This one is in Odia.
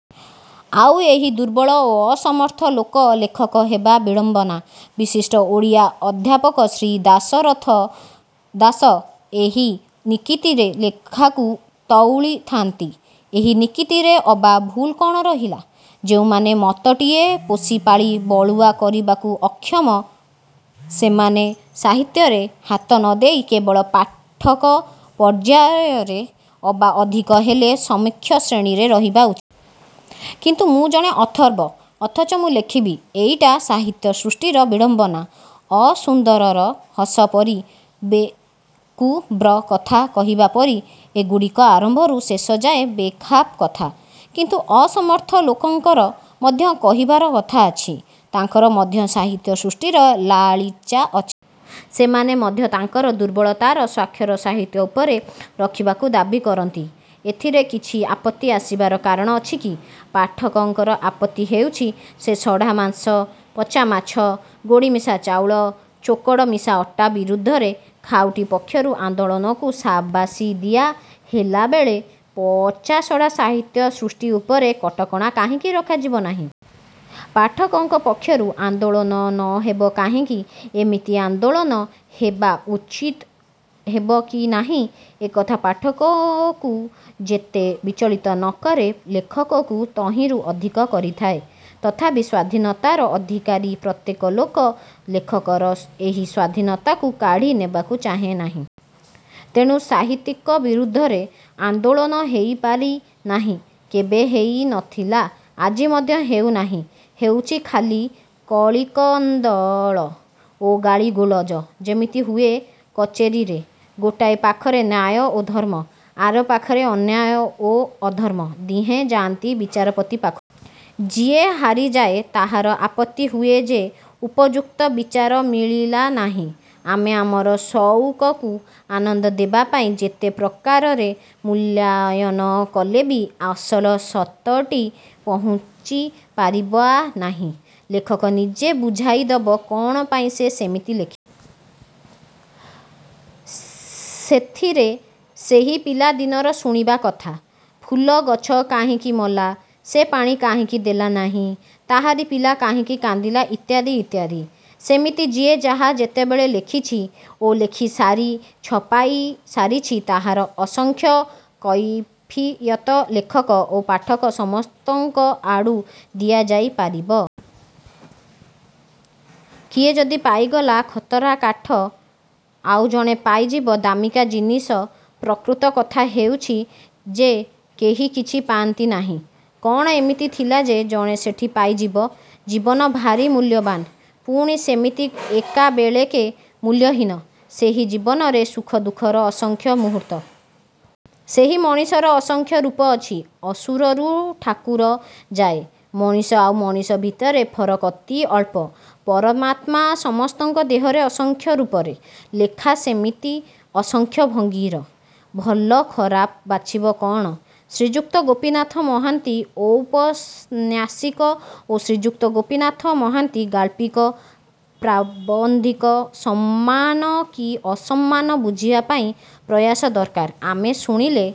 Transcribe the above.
ଆଉ ଏହି ଦୁର୍ବଳ ଓ ଅସମର୍ଥ ଲୋକ ଲେଖକ ହେବା ବିଡ଼ମ୍ୱନା। ବିଶିଷ୍ଟ ଓଡ଼ିଆ ଅଧ୍ୟାପକ ଶ୍ରୀ ଦାଶରଥି ଦାସ ଏହି ନିକିତିରେ ଲେଖାକୁ ତଉଲିଥାନ୍ତି। ଏହି ନିକିତିରେ ଅବା ଭୁଲ କ'ଣ ରହିଲା? ଯେଉଁମାନେ ମତଟିଏ ପୋଷିପାଳି ବଳୁଆ କରିବାକୁ ଅକ୍ଷମ ସେମାନେ ସାହିତ୍ୟରେ ହାତ ନ ଦେଇ କେବଳ ପାଠକ ପର୍ଯ୍ୟାୟରେ ଅବା ଅଧିକ ହେଲେ, ସମୀକ୍ଷକ ଶ୍ରେଣୀରେ ରହିବା ଉଚିତ୍। କିନ୍ତୁ ମୁଁ ଜଣେ ଅଥର୍ବ ଅଥଚ ମୁଁ ଲେଖିବି-ଏଇଟା ସାହିତ୍ୟ ସୃଷ୍ଟିର ବିଡ଼ମ୍ୱନା। ଅସୁନ୍ଦରର ହସ ପରି। ବେକୁବ୍ର କଥା କହିବା ପରି-ଏଗୁଡ଼ିକ ଆରମ୍ଭରୁ ଶେଷଯାଏ ବେଖାପ କଥା। କିନ୍ତୁ ଅସମର୍ଥ ଲୋକଙ୍କର ମଧ୍ୟ କହିବାର କଥା ଅଛି। ତାଙ୍କର ମଧ୍ୟ ସାହିତ୍ୟ ସୃଷ୍ଟିର ଲାଳିଚା ଅଛି। ସେମାନେ ମଧ୍ୟ ତାଙ୍କର ଦୁର୍ବଳତାର ସ୍ୱାକ୍ଷର ସାହିତ୍ୟ ଉପରେ ରଖିବାକୁ ଦାବୀ କରନ୍ତି। ଏଥିରେ କିଛି ଆପତ୍ତି ଆସିବାର କାରଣ ଅଛି କି? ପାଠକଙ୍କର ଆପତ୍ତି ହେଉଛି ଯେ ସଢ଼ା ମାଂସ, ପଚା ମାଛ, ଗୋଡ଼ିମିଶା ଚାଉଳ, ଚୋକଡ଼ ମିଶା ଅଟା ବିରୁଦ୍ଧରେ ଖାଉଟି ପକ୍ଷରୁ ଆନ୍ଦୋଳନକୁ ସାବାସି ଦିଆ ହେଲାବେଳେ ପଚାସଢ଼ା ସାହିତ୍ୟ ସୃଷ୍ଟି ଉପରେ କଟକଣା କାହିଁକି ରଖାଯିବ ନାହିଁ? ପାଠକଙ୍କ ପକ୍ଷରୁ ଆନ୍ଦୋଳନ ନ ହେବ କାହିଁକି? ଏମିତି ଆନ୍ଦୋଳନ ହେବା ଉଚିତ୍ ହେବ କି ନାହିଁ-ଏକଥା ପାଠକକୁ ଯେତେ ବିଚଳିତ ନ କରେ ଲେଖକକୁ ତହିଁରୁ ଅଧିକ କରିଥାଏ। ତଥାପି ସ୍ୱାଧୀନତାର ଅଧିକାରି ପ୍ରତ୍ୟେକ ଲୋକ ଲେଖକର ଏହି ସ୍ୱାଧୀନତାକୁ କାଢ଼ି ନେବାକୁ ଚାହେଁ ନାହିଁ। ତେଣୁ ସାହିତ୍ୟିକ ବିରୁଦ୍ଧରେ। ଆନ୍ଦୋଳନ ହେଇପାରି ନାହିଁ। କେବେ ହେଇ ନ ଥିଲା-ଆଜି ମଧ୍ୟ ହେଉ ନାହିଁ। ହେଉଛି ଖାଲି କଳିକନ୍ଦଳ ଓ ଗାଳିଗୁଲଜ-ଯେମିତି ହୁଏ କଚେରୀରେ। ଗୋଟାଏ ପାଖରେ ନ୍ୟାୟ ଓ ଧର୍ମ। ଆର ପାଖରେ ଅନ୍ୟାୟ ଓ ଅଧର୍ମ। ଦିହେଁ ଯାଆନ୍ତି ବିଚାରପତି ପାଖକୁ-। ଯିଏ ହାରିଯାଏ ତାହାର ଆପତ୍ତି ହୁଏ ଯେ ଉପଯୁକ୍ତ ବିଚାର ମିଳିଲା ନାହିଁ। ଆମେ ଆମର ସଉକକୁ ଆନନ୍ଦ ଦେବା ପାଇଁ ଯେତେ ପ୍ରକାରରେ ମୂଲ୍ୟାୟନ କଲେ ବି ଅସଲ ସତଠି ପହୁଞ୍ଚି ପାରିବା ନାହିଁ। ଲେଖକ ନିଜେ ବୁଝାଇଦବ କ'ଣ ପାଇଁ ସେ ସେମିତି ଲେଖିଲା। ସେଥିରେ ସେହି ପିଲା ଦିନର ଶୁଣିବା କଥା- ଫୁଲ ଗଛ କାହିଁକି ମଲା? ସେ ପାଣି କାହିଁକି ଦେଲା ନାହିଁ? ତାହାରି ପିଲା କାହିଁକି କାନ୍ଦିଲା ଇତ୍ୟାଦି ଇତ୍ୟାଦି। ସେମିତି ଯିଏ ଯାହା ଯେତେବେଳେ ଲେଖିଛି ଓ ଲେଖିସାରି ଛପାଇ ସାରିଛି ତାହାର ଅସଂଖ୍ୟ କୈଫିୟତ ଲେଖକ ଓ ପାଠକ ସମସ୍ତଙ୍କ ଆଡ଼ୁ ଦିଆଯାଇ ପାରିବ। କିଏ ଯଦି ପାଇଗଲା ଖତରା କାଠ ଆଉ ଜଣେ ପାଇଯିବ ଦାମିକା ଜିନିସ। ପ୍ରକୃତ କଥା ହେଉଛି ଯେ କେହି କିଛି ପାଆନ୍ତି ନାହିଁ। କ'ଣ ଏମିତି ଥିଲା ଯେ ଜଣେ ସେଠି ପାଇଯିବ। ଜୀବନ ଭାରି ମୂଲ୍ୟବାନ୍-ପୁଣି ସେମିତି ଏକାବେଳେକେ ମୂଲ୍ୟହୀନ। ସେହି ଜୀବନରେ ସୁଖ ଦୁଃଖର ଅସଂଖ୍ୟ ମୂହୂର୍ତ୍ତ। ସେହି ମଣିଷର ଅସଂଖ୍ୟ ରୂପ ଅଛି-ଅସୁରରୁ ଠାକୁର ଯାଏ। ମଣିଷ ଆଉ ମଣିଷ ଭିତରେ ଫରକ୍ ଅତି ଅଳ୍ପ। ପରମାତ୍ମା ସମସ୍ତଙ୍କ ଦେହରେ ଅସଂଖ୍ୟ ରୂପରେ। ଲେଖା ସେମିତି ଅସଂଖ୍ୟ ଭଙ୍ଗୀର। ଭଲ ଖରାପ ବାଛିବ କ'ଣ? ଶ୍ରୀଯୁକ୍ତ ଗୋପୀନାଥ ମହାନ୍ତି ଔପନ୍ୟାସିକ ଓ ଶ୍ରୀଯୁକ୍ତ ଗୋପୀନାଥ ମହାନ୍ତି ଗାଳ୍ପିକ, ପ୍ରାବନ୍ଧିକ ସମାନ କି ଅସମାନ ବୁଝିବା ପାଇଁ ପ୍ରୟାସ ଦରକାର। ଆମେ ଶୁଣିଲେ